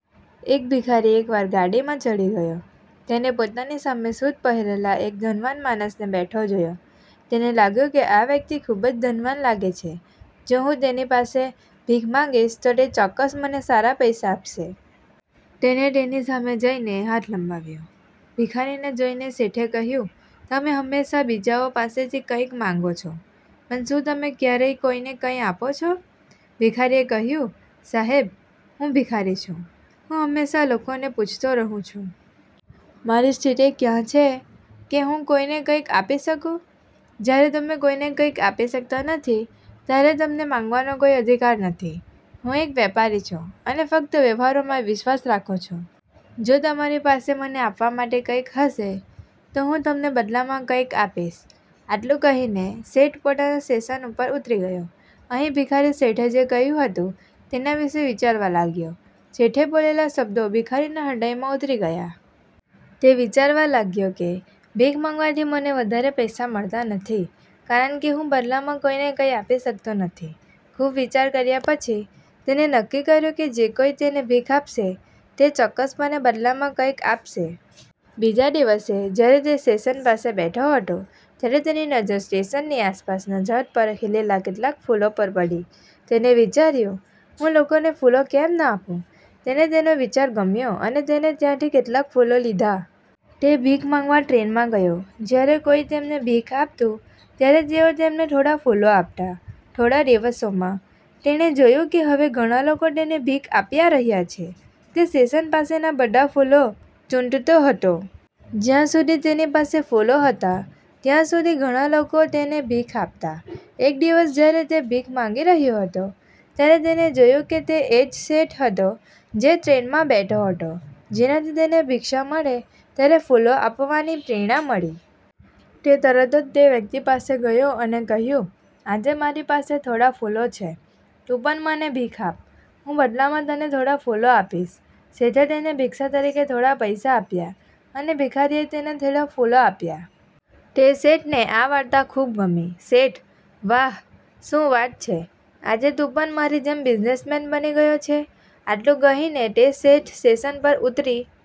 એક ભિખારી એકવાર ગાડીમાં ચઢી ગયો. તેણે પોતાની સામે સૂટ પહેરેલા એક ધનવાન માણસને બેઠો જોયો. તેને લાગ્યું કે આ વ્યક્તિ ખૂબ જ ધનવાન લાગે છે. જો હું તેની પાસે ભીખ માંગીશ તો તે ચોક્કસ મને સારા પૈસા આપશે. તેણે તેની સામે જઈને હાથ લંબાવ્યો. ભિખારીને જોઈને શેઠે કહ્યું, "તમે હંમેશા બીજાઓ પાસેથી કંઈક માગો છો, પણ શું તમે ક્યારેય કોઈને કંઈ આપો છો? " ભિખારીએ કહ્યું, "સાહેબ, હું ભિખારી છું, હું હંમેશા લોકોને પૂછતો રહું છું. મારી સ્થિતિ ક્યાં છે કે હું કોઈને કંઈક આપી શકું? " "જ્યારે તમે કોઈને કંઈક આપી શકતા નથી, ત્યારે તમને માંગવાનો કોઈ અધિકાર નથી. હું એક વેપારી છું અને ફક્ત વ્યવહારોમાં વિશ્વાસ રાખું છું. જો તમારી પાસે મને આપવા માટે કંઈક હશે, તો હું તમને બદલામાં કંઈક આપીશ." આટલું કહીને શેઠ પોતાના સ્ટેશન પર ઉતરી ગયો. અહીં ભિખારી શેઠે જે કહ્યું હતું તેના વિશે વિચારવા લાગ્યો. શેઠે બોલેલા શબ્દો ભિખારીના હૃદયમાં ઉતરી ગયા. તે વિચારવા લાગ્યો કે ભીખ માંગવાથી મને વધારે પૈસા મળતા નથી કારણ કે હું બદલામાં કોઈને કંઈ આપી શકતો નથી. ખૂબ વિચાર કર્યા પછી, તેણે નક્કી કર્યું કે જે કોઈ તેણે ભીખ આપશે, તે ચોક્કસપણે બદલામાં કંઈક આપશે. બીજા દિવસે, જ્યારે તે સ્ટેશન પાસે બેઠો હતો, ત્યારે તેની નજર સ્ટેશનની આસપાસના ઝાડ પર ખીલેલા કેટલાક ફૂલો પર પડી. તેણે વિચાર્યું, હું લોકોને ફૂલો કેમ ન આપું? તેને તેનો વિચાર ગમ્યો અને તેણે ત્યાંથી કેટલાક ફૂલો લીધા. તે ભીખ માંગવા ટ્રેનમાં ગયો. જ્યારે કોઈ તેમને ભીખ આપતું, ત્યારે તેઓ તેમને થોડા ફૂલો આપતા. થોડા દિવસોમાં, તેણે જોયું કે હવે ઘણા લોકો તેણે ભીખ આપ્યા રહ્યા છે. તે સ્ટેશન પાસેના બધા ફૂલો ચૂંટતો હતો. જ્યાં સુધી તેની પાસે ફૂલો હતા, ત્યાં સુધી ઘણા લોકો તેને ભીખ આપતા. એક દિવસ જ્યારે તે ભીખ માંગી રહ્યો હતો, ત્યારે તેણે જોયું કે તે એ જ શેઠ હતો જે ટ્રેનમાં બેઠો હતો, જેનાથી તેને ભિક્ષા મળે ત્યારે ફૂલો આપવાની પ્રેરણા મળી. તે તરત જ તે વ્યક્તિ પાસે ગયો અને કહ્યું, "આજે મારી પાસે થોડા ફૂલો છે, તું પણ મને ભીખ આપ, હું બદલામાં તને થોડા ફૂલો આપીશ." શેઠે તેને ભિક્ષા તરીકે થોડા પૈસા આપ્યા અને ભિખારીએ તેને થોડા ફૂલો આપ્યા. તે શેઠને આ વાર્તા ખૂબ ગમી. શેઠ: – "વાહ, શું વાત છે? આજે તું પણ મારી જેમ બિઝનેસમેન બની ગયો છે. " આટલું કહીને તે સેઠ સ્ટેશન પર ઉતરી